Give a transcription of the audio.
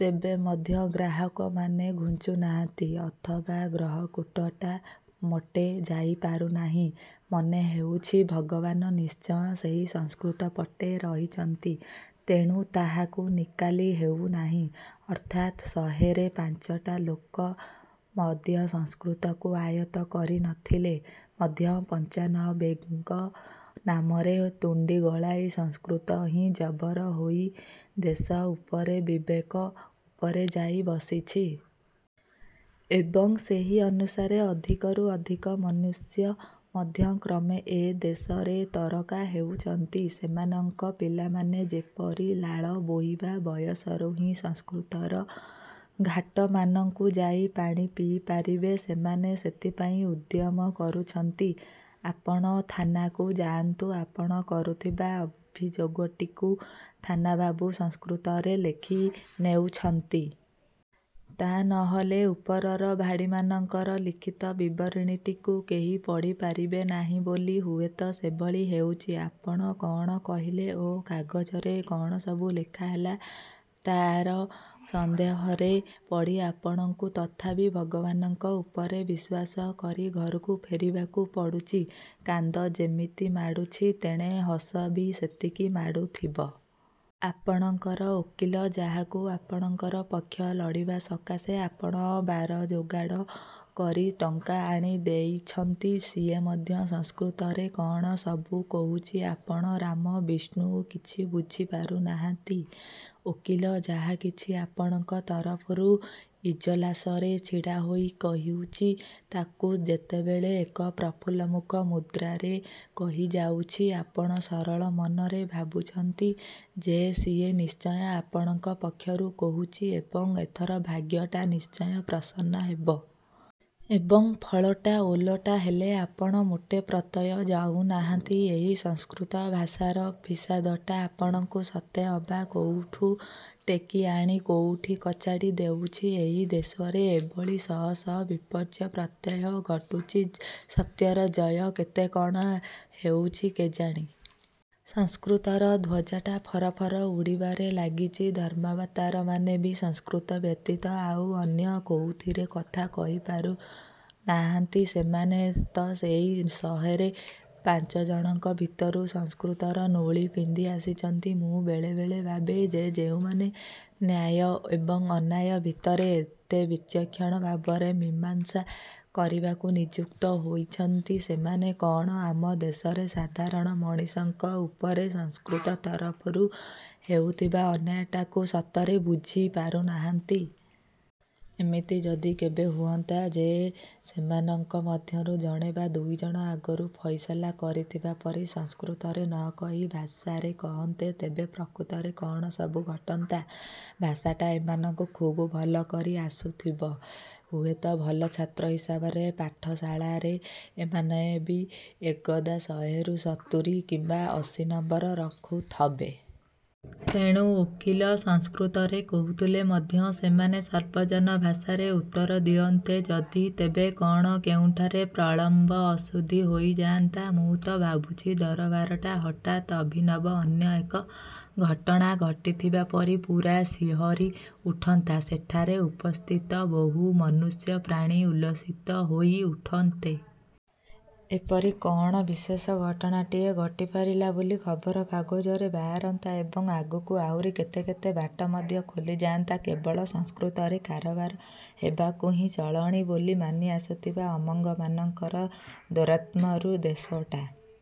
ତେବେ ମଧ୍ୟ ଗ୍ରାହକମାନେ ଘୁଞ୍ଚୁନାହାନ୍ତି ଅଥବା ଗ୍ରହକୂଟଟା ମୋଟେ ଯାଇ ପାରୁନାହିଁ। ମନେହେଉଛି ଭଗବାନ ନିଶ୍ଚୟ ସେଇ ସଂସ୍କୃତ ପଟେ ରହିଛନ୍ତି। ତେଣୁ ତାହାକୁ ନିକାଲି ହେଉନାହିଁ। ଅର୍ଥାତ ଶହେରେ ପାଞ୍ଚଟା ଲୋକ ମଧ୍ୟ ସଂସ୍କୃତକୁ ଆୟତ୍ତ କରିନଥିଲେ ମଧ୍ୟ ପଞ୍ଚାନବେଙ୍କ ନାମରେ ତୁଣ୍ଡି ଗଳାଇ ସଂସ୍କୃତ ହିଁ ଜବର ହୋଇ ଦେଶ ଉପରେ, ବିବେକ ଉପରେ ଯାଇ ବସିଛି। ଏବଂ ସେହି ଅନୁସାରେ ଅଧିକରୁ ଅଧିକ ମନୁଷ୍ୟ ମଧ୍ୟ କ୍ରମେ ଏ ଦେଶରେ ତରକା ହେଉଛନ୍ତି। ସେମାନଙ୍କ ପିଲାମାନେ ଯେପରି ଲାଳ ବୋହିବା ବୟସରୁ ହିଁ ସଂସ୍କୃତର ଘାଟମାନଙ୍କୁ ଯାଇ ପାଣି ପିଇପାରିବେ, ସେମାନେ ସେଥିପାଇଁ ଉଦ୍ୟମ କରୁଛନ୍ତି। ଆପଣ ଥାନାକୁ ଯାଆନ୍ତୁ ଆପଣ କରୁଥିବା ଅଭିଯୋଗଟିକୁ ଥାନାବାବୁ ସଂସ୍କୃତରେ ଲେଖି ନେଉଛନ୍ତି। ତା ନହେଲେ ଉପରର ଭାଡ଼ିମାନଙ୍କରେ ଲିଖିତ ବିବରଣୀଟିକୁ କେହି ପଢ଼ିପାରିବେ ନାହିଁ ବୋଲି ହୁଏତ ସେଭଳି ହେଉଛି। ଆପଣ କଣ କହିଲେ ଓ କାଗଜରେ କଣସବୁ ଲେଖାହେଲା, ତାର ସନ୍ଦେହରେ ପଡ଼ି ଆପଣଙ୍କୁ ତଥାପି ଭଗବାନଙ୍କ ଉପରେ ବିଶ୍ୱାସ କରି ଘରକୁ ଫେରିବାକୁ ପଡୁଛି। କାନ୍ଦ ଯେମିତି ମାଡୁଛି, ତେଣେ ହସ ବି ସେତିକି ମାଡୁଥିବ। ଆପଣଙ୍କର ଓକିଲ, ଯାହାକୁ ଆପଣଙ୍କର ପକ୍ଷ ଲଢ଼ିବା ସକାଶେ ଆପଣ ବାର ଯୋଗାଡ଼ କରି ଟଙ୍କା ଆଣି ଦେଇଛନ୍ତି, ସିଏ ମଧ୍ୟ ସଂସ୍କୃତରେ କଣ ସବୁ କହୁଛି ଆପଣ ରାମ, ବିଷ୍ଣୁ କିଛି ବୁଝି ପାରୁନାହାନ୍ତି। ଓକିଲ ଯାହାକିଛି ଆପଣଙ୍କ ତରଫରୁ ଇଜଲାସରେ ଛିଡ଼ାହୋଇ କହୁଛି, ତାକୁ ଯେତେବେଳେ ଏକ ପ୍ରଫୁଲ୍ଲମୁଖ ମୁଦ୍ରାରେ କହିଯାଉଛି, ଆପଣ ସରଳ ମନରେ ଭାବୁଛନ୍ତି ଯେ, ସିଏ ନିଶ୍ଚୟ ଆପଣଙ୍କ ପକ୍ଷରୁ କହୁଛି ଏବଂ ଏଥର ଭାଗ୍ୟଟା ନିଶ୍ଚୟ ପ୍ରସନ୍ନ ହେବ। ଏବଂ ଫଳଟା ଓଲଟା ହେଲେ ଆପଣ ମୋଟେ ପ୍ରତ୍ୟୟ ଯାଉନାହାନ୍ତି, ଏହି ସଂସ୍କୃତ ଭାଷାର ଫିସାଦଟା ଆପଣଙ୍କୁ ସତେଅବା କୋଉଠୁ ଟେକିଆଣି କୋଉଠି କଚାଡ଼ି ଦେଉଛି। ଏହି ଦେଶରେ ଏଭଳି ଶହ ଶହ ବିପର୍ଯ୍ୟୟ ପ୍ରତ୍ୟହ ଘଟୁଛି। ସତ୍ୟର ଜୟ କେତେ କଣ ହେଉଛି କେଜାଣି? ସଂସ୍କୃତର ଧ୍ୱଜାଟା ଫର ଫର ଉଡ଼ିବାରେ ଲାଗିଛି। ଧର୍ମାବତାରମାନେ ବି ସଂସ୍କୃତ ବ୍ୟତୀତ ଆଉ ଅନ୍ୟ କୋଉଥିରେ କଥା କହିପାରୁ ନାହାନ୍ତି। ସେମାନେ ତ ସେଇ ଶହେରେ ପାଞ୍ଚଜଣଙ୍କ ଭିତରୁ ସଂସ୍କୃତର ନୋଳି ପିନ୍ଧି ଆସିଛନ୍ତି। ମୁଁ ବେଳେ ବେଳେ ଭାବେ ଯେ, ଯେଉଁମାନେ ନ୍ୟାୟ ଏବଂ ଅନ୍ୟାୟ ଭିତରେ ଏତେ ବିଚକ୍ଷଣ ଭାବରେ ମୀମାଂସା କରିବାକୁ ନିଯୁକ୍ତ ହୋଇଛନ୍ତି ସେମାନେ କଣ ଆମ ଦେଶର ସାଧାରଣ ମଣିଷଙ୍କ ଉପରେ ସଂସ୍କୃତ ତରଫରୁ ହେଉଥିବା ଅନ୍ୟାୟଟାକୁ ସତରେ ବୁଝି ପାରୁନାହାନ୍ତି? ଏମିତି ଯଦି କେବେ ହୁଅନ୍ତା ଯେ ସେମାନଙ୍କ ମଧ୍ୟରୁ ଜଣେ ବା ଦୁଇଜଣ ଆଗରୁ ଫଇସଲା କରିଥିବା ପରି ସଂସ୍କୃତରେ ନକହି ଭାଷାରେ କହନ୍ତେ, ତେବେ ପ୍ରକୃତରେ କଣ ସବୁ ଘଟନ୍ତା? ଭାଷାଟା ଏମାନଙ୍କୁ ଖୁବ୍ ଭଲ କରି ଆସୁଥିବ, ହୁଏତ ଭଲ ଛାତ୍ର ହିସାବରେ ପାଠଶାଳାରେ ଏମାନେ ବି ଏକଦା ଶହେରୁ ସତୁରୀ କିମ୍ବା ଅଶୀ ନମ୍ବର ରଖିଥବେ। ତେଣୁ ଓକିଲ ସଂସ୍କୃତରେ କହୁଥିଲେ ମଧ୍ୟ ସେମାନେ ସର୍ବଜନ ଭାଷାରେ ଉତ୍ତର ଦିଅନ୍ତେ ଯଦି, ତେବେ କଣ କେଉଁଠାରେ ପ୍ରଳମ୍ବ ଅଶୁଦ୍ଧି ହୋଇଯାଆନ୍ତା? ମୁଁ ତ ଭାବୁଛି ଦରବାରଟା ହଠାତ୍ ଅଭିନବ ଅନ୍ୟ ଏକ ଘଟଣା ଘଟିଥିବା ପରି ପୂରା ଶିହରି ଉଠନ୍ତା। ସେଠାରେ ଉପସ୍ଥିତ ବହୁ ମନୁଷ୍ୟ, ପ୍ରାଣୀ ଉଲ୍ଲସିତ ହୋଇ ଉଠନ୍ତେ। ଏପରି କଣ ବିଶେଷ ଘଟଣାଟିଏ ଘଟିପାରିଲା ବୋଲି ଖବରକାଗଜରେ ବାହାରନ୍ତା ଏବଂ ଆଗକୁ ଆହୁରି କେତେ କେତେ ବାଟ ମଧ୍ୟ ଖୋଲିଯାଆନ୍ତା। କେବଳ ସଂସ୍କୃତରେ କାରବାର ହେବାକୁ ହିଁ ଚଳଣି ବୋଲି ମାନି ଆସୁଥିବା ଅମଙ୍ଗମାନଙ୍କର ଦୌରାତ୍ମ୍ୟରୁ ଦେଶଟା